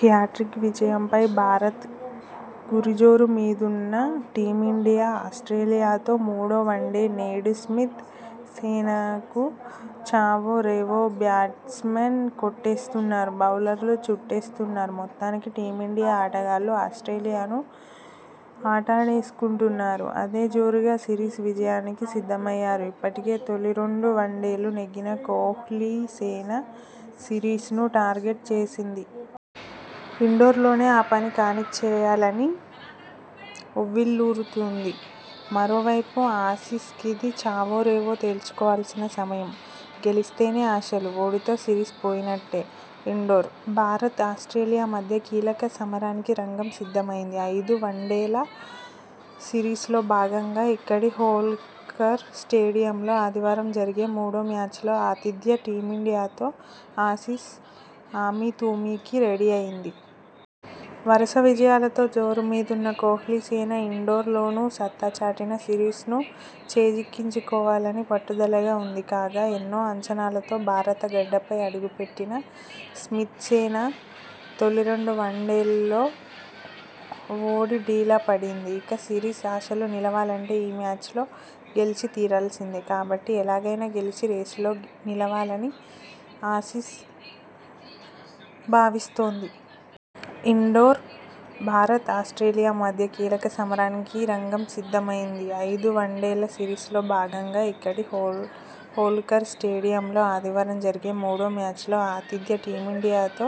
Hat trick విజయంపై భారత్ గురిజోరుమీదున్న టీమిండియాఆస్ర్టేలియాతో మూడో వన్డే నేడుస్మిత్ సేనకు చావో రేవోబ్యాట్స్మెన్ కొట్టేస్తున్నారు.. బౌలర్లు చుట్టేస్తున్నారు.. మొత్తానికి టీమిండియా ఆటగాళ్లు ఆస్ర్టేలియాను ఆటాడేసుకుంటున్నారు..! అదే జోరులో సిరీస్ విజయానికి సిద్ధమయ్యారు..! ఇప్పటికే తొలి రెండు వన్డేలు నెగ్గిన కోహ్లీసేన సిరీస్ను టార్గెట్ చేసింది..! ఇండోర్లోనే ఆ పని కానిచ్చేయాలని ఉవ్విళ్లూరుతోంది..! మరోవైపు ఆసీస్కిది చావో రేవో తేల్చుకోవాల్సిన సమయం..! గెలిస్తేనే ఆశలు.. ఓడితే సిరీస్ పోయినట్టే..! ఇండోర్: భారత్-ఆస్ర్టేలియా మధ్య కీలక సమరానికి రంగం సిద్ధమైంది. ఐదు వన్డేల సిరీస్లో భాగంగా ఇక్కడి హోల్కర్ స్టేడియంలో ఆదివారం జరిగే మూడో మ్యాచ్లో ఆతిథ్య టీమిండియాతో ఆసీస్ అమీతుమీకి రెడీ అయింది. వరుస విజయాలతో జోరు మీదున్న కోహ్లీసేన ఇండోర్లోనూ సత్తాచాటి సిరీస్ను చేజిక్కించుకోవాలని పట్టుదలగా ఉంది. కాగా.. ఎన్నోఅంచనాలతో భారత గడ్డపై అడుగుపెట్టిన స్మిత్సేన తొలి రెండు వన్డేల్లో ఓడి డీలా పడింది. ఇక సిరీస్ ఆశలు నిలవాలంటే ఈ మ్యాచ్లో గెలిచి తీరాల్సిందే. కాబట్టి ఎలాగైనా గెలిచి రేసులో నిలవాలని ఆసీస్ భావిస్తోంది! ఇండోర్: భారత్-ఆస్ర్టేలియా మధ్య కీలక సమరానికి రంగం సిద్ధమైంది. ఐదు వన్డేల సిరీస్లో భాగంగా ఇక్కడి హోల్కర్ స్టేడియంలో ఆదివారం జరిగే మూడో మ్యాచ్లో ఆతిథ్య టీమిండియాతో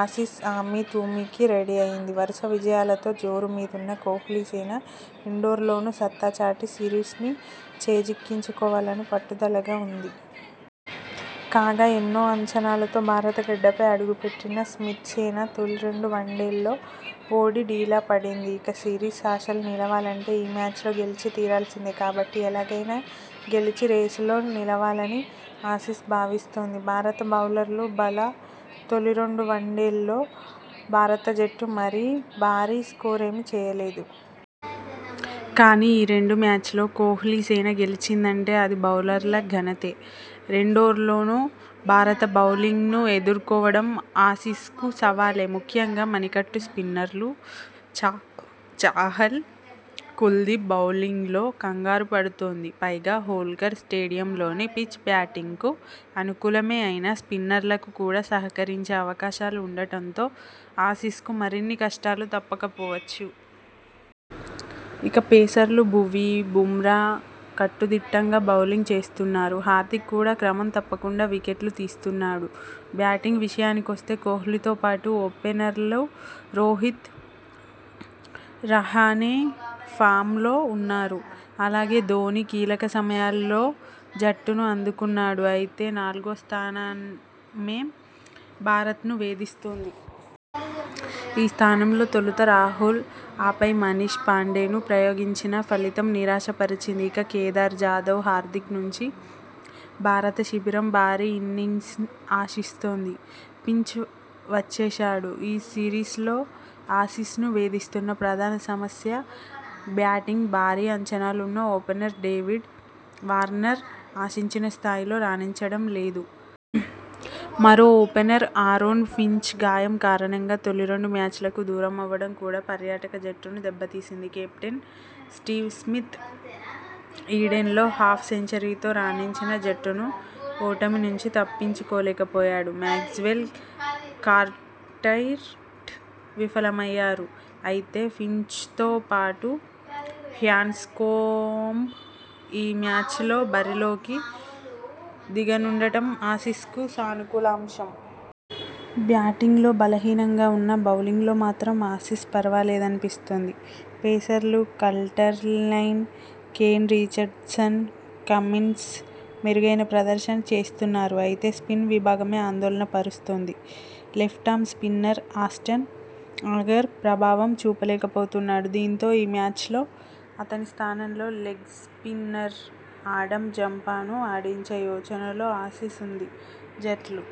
ఆసీస్ అమీతుమీకి రెడీ అయింది. వరుస విజయాలతో జోరు మీదున్న కోహ్లీసేన ఇండోర్లోనూ సత్తాచాటి సిరీస్ను చేజిక్కించుకోవాలని పట్టుదలగా ఉంది. కాగా.. ఎన్నోఅంచనాలతో భారత గడ్డపై అడుగుపెట్టిన స్మిత్సేన తొలి రెండు వన్డేల్లో ఓడి డీలా పడింది. ఇక సిరీస్ ఆశలు నిలవాలంటే ఈ మ్యాచ్లో గెలిచి తీరాల్సిందే. కాబట్టి ఎలాగైనా గెలిచి రేసులో నిలవాలని ఆసీస్ భావిస్తోంది! భారత బౌలర్లు భళా.. తొలి రెండు వన్డేల్లో భారత జట్టు మరీ భారీ స్కోరేమీ చేయలేదు. కానీ.. ఈ రెండు మ్యాచ్ల్లో కోహ్లీసేన గెలిచిందంటే అది బౌలర్ల ఘనతే. ఇండోర్లోనూ భారత బౌలింగ్ను ఎదుర్కోవ డం ఆసీస్కు సవాలే. ముఖ్యంగా మణికట్టు స్పిన్నర్లు చాహల్, కుల్దీప్ బౌలింగ్లో కంగారు పడుతోంది. పైగా హోల్కర్ స్టేడియం లోని పిచ్ బ్యాటింగ్కు అనుకూలమే అయినా స్పిన్నర్లకు కూడా సహకరించే అవకాశాలు ఉండడంతో ఆసీస్కు మరిన్ని కష్టాలు తప్పకపోవచ్చు. ఇక పేసర్లు భువీ, బుమ్రా కట్టుదిట్టంగా బౌలింగ్ చేస్తున్నారు. హార్దిక్ కూడా క్రమం తప్పకుండా వికెట్లు తీస్తున్నా డు. బ్యాటింగ్ విషయానికొస్తే.. కోహ్లీతోపాటు ఓపెనర్లు రోహిత్, రహానె ఫామ్లో ఉన్నారు. అలాగే ధోనీ కీలక సమయాల్లో జట్టును ఆదుకుంటున్నాడు. అయితే నాలుగో స్థానమే భారత్ను వేధిస్తోంది. ఈ స్థానంలో తొలుత రాహుల్, ఆపై మనీష్ పాండేను ప్రయోగించినా ఫలితం నిరాశ పరిచింది. ఇక కేదార్ జాదవ్, హార్దిక్ నుంచి భారత శిబిరం భారీ ఇన్నింగ్స్ ఆశిస్తోంది. ఫించ్ వచ్చేశాడు.. ఈ సిరీస్లో ఆసీస్ను వేధిస్తున్న ప్రధాన సమస్య బ్యాటింగ్. భారీ అంచనాలున్న ఓపెనర్ డేవిడ్ వార్నర్ ఆశించిన స్థాయిలో రాణించడం లేదు. మరో ఓపెనర్ ఆరోన్ ఫించ్ గాయం కారణం గా తొలి రెండు మ్యాచ్లకు దూరమవడం కూడా పర్యాటక జట్టును దెబ్బతీసింది. కెప్టెన్ స్టీవ్ స్మిత్ ఈడెన్లో హాఫ్ సెంచరీ తో రాణించినా జట్టును ఓటమినుంచి తప్పించలేకపోయాడు. మాక్స్వెల్, కార్ట్రైట్ విఫలమయ్యారు. అయితే ఫించ్తోపాటు హ్యాండ్స్కోంబ్ ఈ మ్యాచ్లో బరిలోకి దిగనుండడం ఆసీస్కు సానుకూలాంశం. బ్యాటింగ్లో బలహీనంగా ఉన్నా బౌలింగ్లో మాత్రం ఆసీస్ పర్వాలేదనిపిస్తోంది. పేసర్లు కల్టర్నైల్, కేన్ రిచర్డ్సన్, కమిన్స్ మెరుగైన ప్రదర్శన చేస్తున్నారు. అయితే స్పిన్ విభాగమే ఆందోళన పరుస్తోంది. లెఫ్టామ్ స్పిన్నర్ ఆస్టన్ అగర్ ప్రభావం చూపలేకపోతున్నాడు. దీంతో ఈ మ్యాచ్లో అతని స్థానంలో లెగ్స్పిన్నర్ ఆడమ్ జంపాను ఆడించే యోచనలో ఆసీస్ ఉంది. జట్లు